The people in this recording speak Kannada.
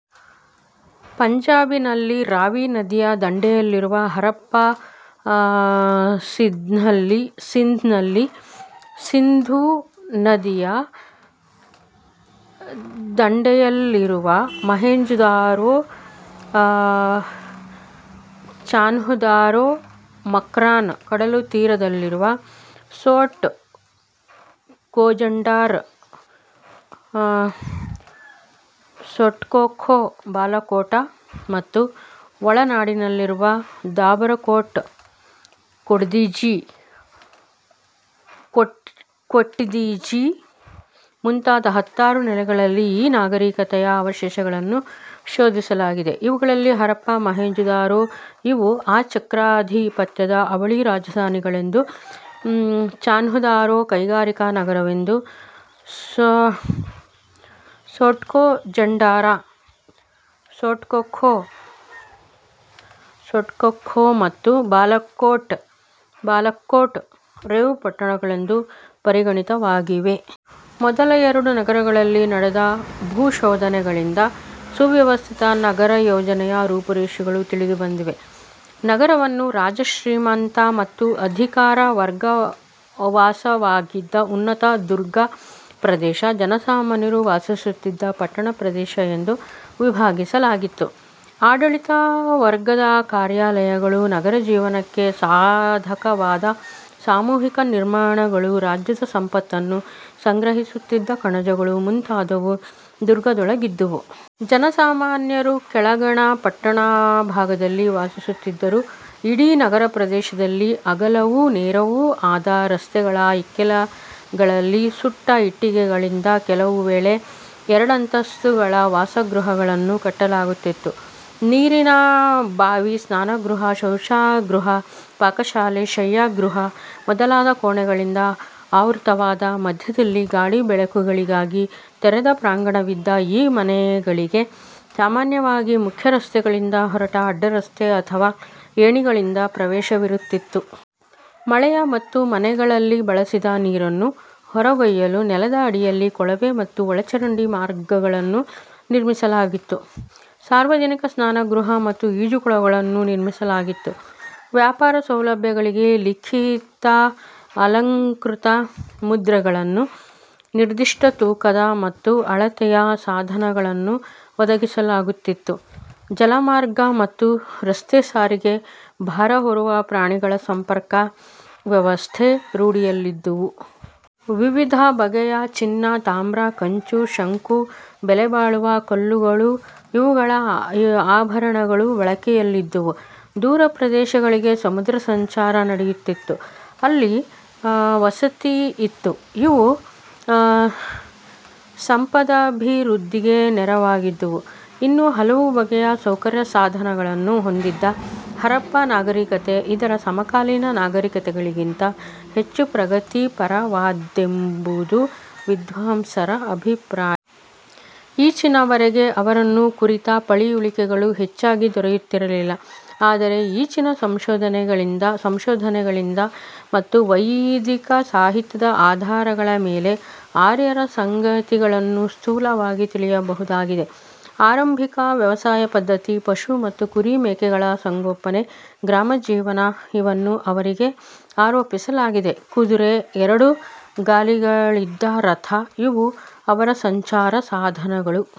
ಪಂಜಾಬಿನಲ್ಲಿ ರಾವಿ ನದಿಯ ದಂಡೆಯಲ್ಲಿರುವ ಹರಪ್ಪ, ಸಿಂಧ್ನಲ್ಲಿ ಸಿಂಧೂ ನದಿಯ ದಂಡೆಯಲ್ಲಿರುವ ಮೊಹೆಂಜೊದಾರೊ, ಚಾನ್ಹುದಾರೊ, ಮಕ್ರಾನ್, ಕಡಲುತೀರದಲ್ಲಿರುವ ಸೋಟ್ ಕೋಜಂಡಾರ್, ಸೋಟ್ಕೋಖೋ, ಬಾಲಕೋಟ, ಮತ್ತು ಒಳನಾಡಿನಲ್ಲಿರುವ ದಾಬರಕೋಟ್, ಕೋಟ್ದೀಜಿ ಮುಂತಾದ ಹತ್ತಾರು ನೆಲೆಗಳಲ್ಲಿ ಆ ನಾಗರಿಕತೆಯ ಅವಶೇಷಗಳನ್ನು ಶೋಧಿಸಲಾಗಿದೆ. ಇವುಗಳಲ್ಲಿ ಹರಪ್ಪಾ, ಮೊಹೆಂಜೊದಾರೊ ಇವು ಆ ಚಕ್ರಾಧಿಪತ್ಯದ ಅವಳಿ ರಾಜಧಾನಿಗಳೆಂದೂ ಚಾನ್ಹುದಾರೊ ಕೈಗಾರಿಕಾ ನಗರವೆಂದೂ ಸೋಟ್ಕೋಜಂಡಾರ, ಸೊಟ್ಕೋಖೋ ಮತ್ತು ಬಾಲಕ್ಕೋಟ್ ರೇವುಪಟ್ಟಣಗಳೆಂದೂ ಪರಿಗಣಿತವಾಗಿವೆ. ಮೊದಲ ಎರಡು ನಗರಗಳಲ್ಲಿ ನಡೆದ ಭೂಶೋಧನೆಗಳಿಂದ ಸುವ್ಯವಸ್ಥಿತ ನಗರಯೋಜನೆಯ ರೂಪುರೇಷೆಗಳು ತಿಳಿದುಬಂದಿವೆ. ನಗರವನ್ನು ರಾಜ, ಶ್ರೀಮಂತ ಮತ್ತು ಅಧಿಕಾರ ವರ್ಗವಾಸವಾಗಿದ್ದ ಉನ್ನತ ದುರ್ಗ ಪ್ರದೇಶ, ಜನಸಾಮಾನ್ಯರು ವಾಸಿಸುತ್ತಿದ್ದ ಪಟ್ಟಣ ಪ್ರದೇಶ ಎಂದು ವಿಭಾಗಿಸಲಾಗಿತ್ತು. ಆಡಳಿತ ವರ್ಗದ ಕಾರ್ಯಾಲಯಗಳು, ನಗರ ಜೀವನಕ್ಕೆ ಸಾಧಕವಾದ ಸಾಮೂಹಿಕ ನಿರ್ಮಾಣಗಳು, ರಾಜ್ಯದ ಸಂಪತ್ತನ್ನು ಸಂಗ್ರಹಿಸುತ್ತಿದ್ದ ಕಣಜಗಳು ಮುಂತಾದವು ದುರ್ಗದೊಳಗಿದ್ದುವು. ಜನಸಾಮಾನ್ಯರು ಕೆಳಗಣ ಪಟ್ಟಣ ಭಾಗದಲ್ಲಿ ವಾಸಿಸುತ್ತಿದ್ದರು. ಇಡೀ ನಗರಪ್ರದೇಶದಲ್ಲಿ ಅಗಲವೂ ನೇರವೂ ಆದ ರಸ್ತೆಗಳ ಇಕ್ಕೆಲಗಳಲ್ಲಿ ಸುಟ್ಟ ಇಟ್ಟಿಗೆಗಳಿಂದ ಕೆಲವು ವೇಳೆ ಎರಡಂತಸ್ತುಗಳ ವಾಸಗೃಹಗಳನ್ನು ಕಟ್ಟಲಾಗುತ್ತಿತ್ತು. ನೀರಿನ ಬಾವಿ, ಸ್ನಾನಗೃಹ, ಶೌಚಗೃಹ, ಪಾಕಶಾಲೆ, ಶಯ್ಯಾಗೃಹ ಮೊದಲಾದ ಕೋಣೆಗಳಿಂದ ಆವೃತವಾದ, ಮಧ್ಯದಲ್ಲಿ ಗಾಳಿ ಬೆಳಕುಗಳಿಗಾಗಿ ತೆರೆದ ಪ್ರಾಂಗಣವಿದ್ದ ಈ ಮನೆಗಳಿಗೆ ಸಾಮಾನ್ಯವಾಗಿ ಮುಖ್ಯ ರಸ್ತೆಗಳಿಂದ ಹೊರಟ ಅಡ್ಡರಸ್ತೆ ಅಥವಾ ಏಣಿಗಳಿಂದ ಪ್ರವೇಶವಿರುತ್ತಿತ್ತು. ಮಳೆಯ ಮತ್ತು ಮನೆಗಳಲ್ಲಿ ಬಳಸಿದ ನೀರನ್ನು ಹೊರಗೊಯ್ಯಲು ನೆಲದ ಅಡಿಯಲ್ಲಿ ಕೊಳವೆ ಮತ್ತು ಒಳಚರಂಡಿ ಮಾರ್ಗಗಳನ್ನು ನಿರ್ಮಿಸಲಾಗಿತ್ತು. ಸಾರ್ವಜನಿಕ ಸ್ನಾನಗೃಹ ಮತ್ತು ಈಜುಕೊಳಗಳನ್ನು ನಿರ್ಮಿಸಲಾಗಿತ್ತು. ವ್ಯಾಪಾರ ಸೌಲಭ್ಯಗಳಿಗೆ ಲಿಖಿತ-ಅಲಂಕೃತ ಮುದ್ರೆಗಳನ್ನು, ನಿರ್ದಿಷ್ಟ ತೂಕದ ಮತ್ತು ಅಳತೆಯ ಸಾಧನಗಳನ್ನು ಒದಗಿಸಲಾಗುತ್ತಿತ್ತು. ಜಲಮಾರ್ಗ ಮತ್ತು ರಸ್ತೆಸಾರಿಗೆ, ಭಾರ ಹೊರುವ ಪ್ರಾಣಿಗಳ ಸಂಪರ್ಕ ವ್ಯವಸ್ಥೆ ರೂಢಿಯಲ್ಲಿದ್ದುವು. ವಿವಿಧ ಬಗೆಯ ಚಿನ್ನ ತಾಮ್ರ, ಕಂಚು, ಶಂಕು, ಬೆಲೆಬಾಳುವ ಕಲ್ಲುಗಳು ಇವುಗಳ ಆಭರಣಗಳು ಬಳಕೆಯಲ್ಲಿದ್ದುವು. ದೂರ ಪ್ರದೇಶಗಳಿಗೆ ಸಮುದ್ರಸಂಚಾರ ನಡೆಯುತ್ತಿತ್ತು. ಅಲ್ಲಿ ವಸತಿಯಿತ್ತು. ಇವು ಸಂಪದಭಿವೃದ್ಧಿಗೆ ನೆರವಾಗಿದ್ದುವು. ಇನ್ನೂ ಹಲವು ಬಗೆಯ ಸೌಕರ್ಯ ಸಾಧನಗಳನ್ನು ಹೊಂದಿದ್ದ ಹರಪ್ಪ ನಾಗರಿಕತೆ ಇತರ ಸಮಕಾಲೀನ ನಾಗರಿಕತೆಗಳಿಗಿಂತ ಹೆಚ್ಚು ಪ್ರಗತಿಪರವಾದ್ದೆಂಬುದು ವಿದ್ವಾಂಸರ ಅಭಿಪ್ರಾಯ. ಈಚಿನವರೆಗೆ ಅವರನ್ನು ಕುರಿತ ಪಳಿಯುಳಿಕೆಗಳು ಹೆಚ್ಚಾಗಿ ದೊರೆತಿರಲಿಲ್ಲ. ಆದರೆ ಈಚಿನ ಸಂಶೋಧನೆಗಳಿಂದ ಮತ್ತು ವೈದಿಕ ಸಾಹಿತ್ಯದ ಆಧಾರಗಳ ಮೇಲೆ ಆರ್ಯರ ಸಂಗತಿಗಳನ್ನು ಸ್ಥೂಲವಾಗಿ ತಿಳಿಯಬಹುದಾಗಿದೆ. ಆರಂಭಿಕ ವ್ಯವಸಾಯಪದ್ಧತಿ, ಪಶು ಮತ್ತು ಕುರಿ ಮೇಕೆಗಳ ಸಂಗೋಪನೆ, ಗ್ರಾಮಜೀವನ ಇವನ್ನು ಅವರಿಗೆ ಆರೋಪಿಸಲಾಗಿದೆ. ಕುದುರೆ, ಎರಡು ಗಾಲಿಗಳಿದ್ದ ರಥ ಇವು-ಅವರ ಸಂಚಾರಸಾಧನಗಳು.